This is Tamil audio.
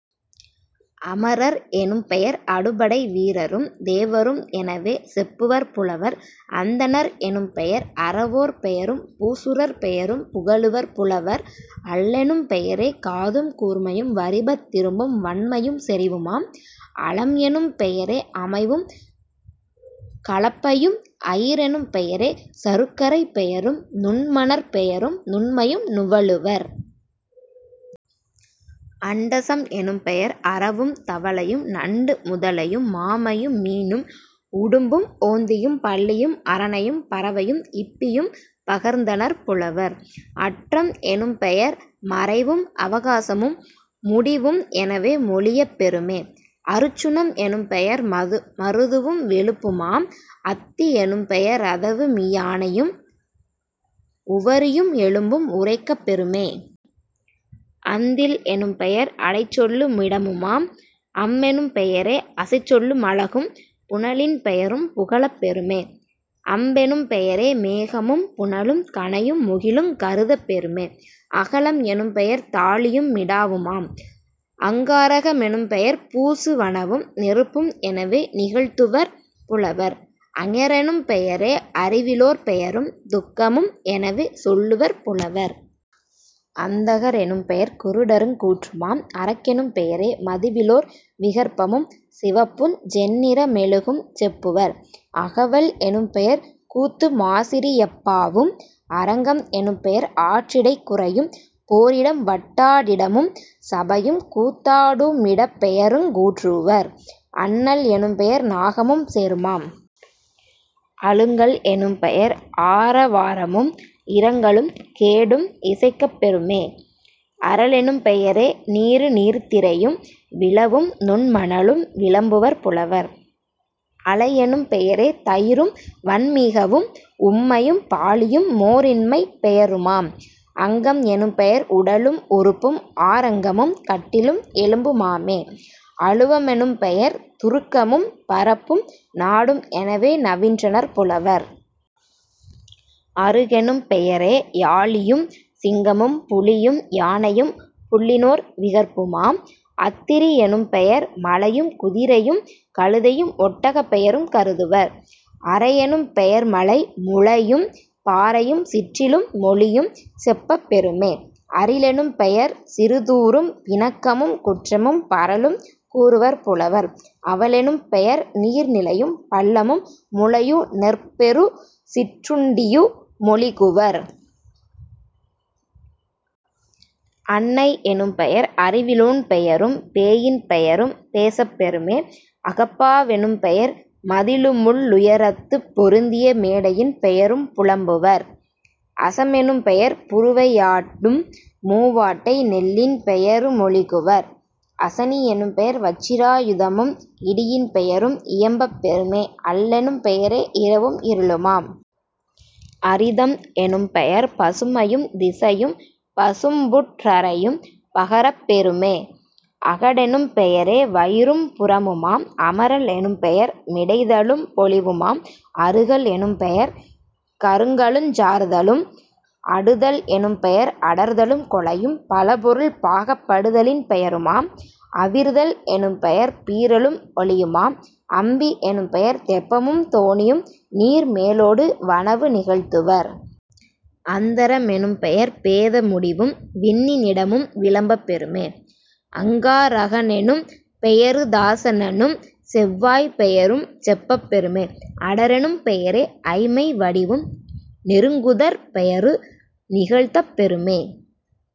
அமரர் எனும்பெயர் அடுபடை வீரரும் தேவரும் எனவே செப்புவர் புலவர்..... அந்தணர் எனும்பெயர் அறவோர் பெயரும் பூசுரர் பெயரும் புகலுவர் புலவர்..... அள்ளெனும் பெயரே காதும் கூர்மையும் வரிபத் திரும்பும் வன்மையும் செறிவுமாம்..... அலம்எனும் பெயரே அமைவும் கலப்பையும்..... அயிரெனும் பெயரே சருக்கரைப் பெயரும் நுண்மணற் பெயரும் நுண்மையும் நுவலுவர்..... அண்டசம் எனும்பெயர் அரவும் தவளையும் நண்டு முதலையு மாமையு மீனும் உடும்பும் ஓந்தியும் பல்லியும் அரணையும் பறவையும் இப்பியும் பகர்ந்தனர் புலவர்..... அற்றம் எனும்பெயர் மறைவும் அவகாசமு முடிவும் எனவே மொழியப் பெறுமே..... அருச்சுனம் எனும்பெயர் மருதுவும் வெளுப்புமாம்.... அத்தி யெனும்பெய ரதவு மியானையும் உவரியும் எலும்பும் உரைக்கப் பெறுமே..... அந்தில் எனும்பெயர் அடைச்சொல்லு மிடமுமாம்..... அம்மெனும் பெயரே அசைச்சொல்லு மழகும் புனலின் பெயரும் புகலப் பெறுமே..... அம்பெனும் பெயரே மேகமும் புனலும் கணையு மூங்கிலுங் கருதப் பெறுமே..... அகளம் எனும்பெயர் தாழியும் மிடாவுமாம்..... அங்காரக மெனும்பெயர் பூசு வனவும் நெருப்பும் எனவே நிகழ்த்துவர் புலவர்..... அஞரெனும் பெயரே அறிவிலோர் பெயரும் துக்கமும் எனவே சொல்லுவர் புலவர்..... அந்தகர் எனும் பெயர் குருடருங் கூற்றுமாம்..... அரக்கெனும் பெயரே மதுவிலோர் விகற்பமும் சிவப்புஞ் சென்னிற மெழுகும் செப்புவர்..... அகவல் எனும்பெயர் கூத்துமாசி ரியப்பாவும்..... அரங்கம் எனும்பெயர் ஆற்றிடைக் குறையும் போரிடம் வட்டா டிடமும் சபையும் கூத்தா டுமிடப் பெயருங் கூறுவர்..... அன்னல் எனும்பெயர் நாகமும் சேறுமாம்..... அழுங்கல் எனும்பெயர் ஆர வாரமும் இரங்கலும் கேடும் இசைக்கப் பெறுமே..... அறலெனும் பெயரே நீரு நீர்த்திரையும் விழவும் நுண்மணலும் விளம்புவர் புலவர்..... அளையெனும் பெயரே தயிரும் வன்மீகவும் உம்மையும் பாளியும் மோர்இன்மைப் பெயருமாம்..... அங்கம் எனும்பெயர் உடலும் உறுப்பும் ஆறங்கமும் கட்டிலும் எலும்பு மாமே..... அழுவ மெனும்பெயர் துருக்கமும் பரப்பும் நாடும் எனவே நவின்றனர் புலவர்.....। அறுகெனும் பெயரே யாளியும் சிங்கமும் புலியும் யானையும் புல்லினோர் விகற்புமாம்..... அத்திரி யெனும்பெயர் மலையும் குதிரையும் கழுதையும் ஒட்டகப் பெயரும் கருதுவர்..... அறையெனும் பெயர்மலை முழையும் பாறையும் சிற்றிலும் மொழியும் செப்பப் பெறுமே..... அரிலெனும் பெயர்சிறு தூறும் பிணக்கமும் குற்றமும் பரலும் கூறுவர் புலவர்..... அவலெனும் பெயர்நீர் நிலையும் பள்ளமும் முளையு நெற்பெறு சிற்றுண்டியு மொழிகுவர்..... அண்ணை யெனும்பெயர் அறிவிலோன் பெயரும் பேயின் பெயரும் பேசப் பெறுமே..... அகப்பா வெனும்பெயர் மதிளுமுள் ளுயரத்துப் பொருந்திய மேடையின் பெயரும் புலம்புவர்..... அசமெ னும்பெயர் புருவை யாடும் மூவாட்டை நெல்லின் பெயரு மொழிகுவர்..... அசனி யெனும்பெயர் வச்சிரா யுதமும் இடியின் பெயரும் இயம்பப் பெறுமே..... அல்லெனும் பெயரே இரவும் இருளுமாம்..... அரிதம் எனும்பெயர் பசுமையும் திசையும் பசும்புற் றரையும் பகரப் பெறுமே..... அகடெனும் பெயரே வயிறும் புறமுமாம்..... அமரல் எனும்பெயர் மிடைதலும் பொலிவுமாம்..... அருகல் எனும்பெயர் கருங்கலுஞ் சார்தலும்..... அடுதல் எனும்பெயர் அடர்தலும் கொலையும் பலபொருள் பாகப் படுத்தலின் பெயருமாம்..... அவிர்தல் எனும்பெயர் பீறலும் ஒளியுமாம்..... அம்பி யெனும்பெயர் தெப்பமும் தோணியும் நீர்மே லோடு வனவு நிகழ்த்துவர்..... அந்தர மெனும்பெயர் பேத முடிவும் விண்ணி னிடமும் விளம்பப் பெறுமே..... அங்கா ரகனெனும் பெயருதா சனனும் செவ்வாய்ப் பெயரும் செப்பப் பெறுமே..... அடரெனும் பெயரே ஐமை வடிவும் நெருங்குதற் பெயரு நிகழ்த்தப் பெறுமே.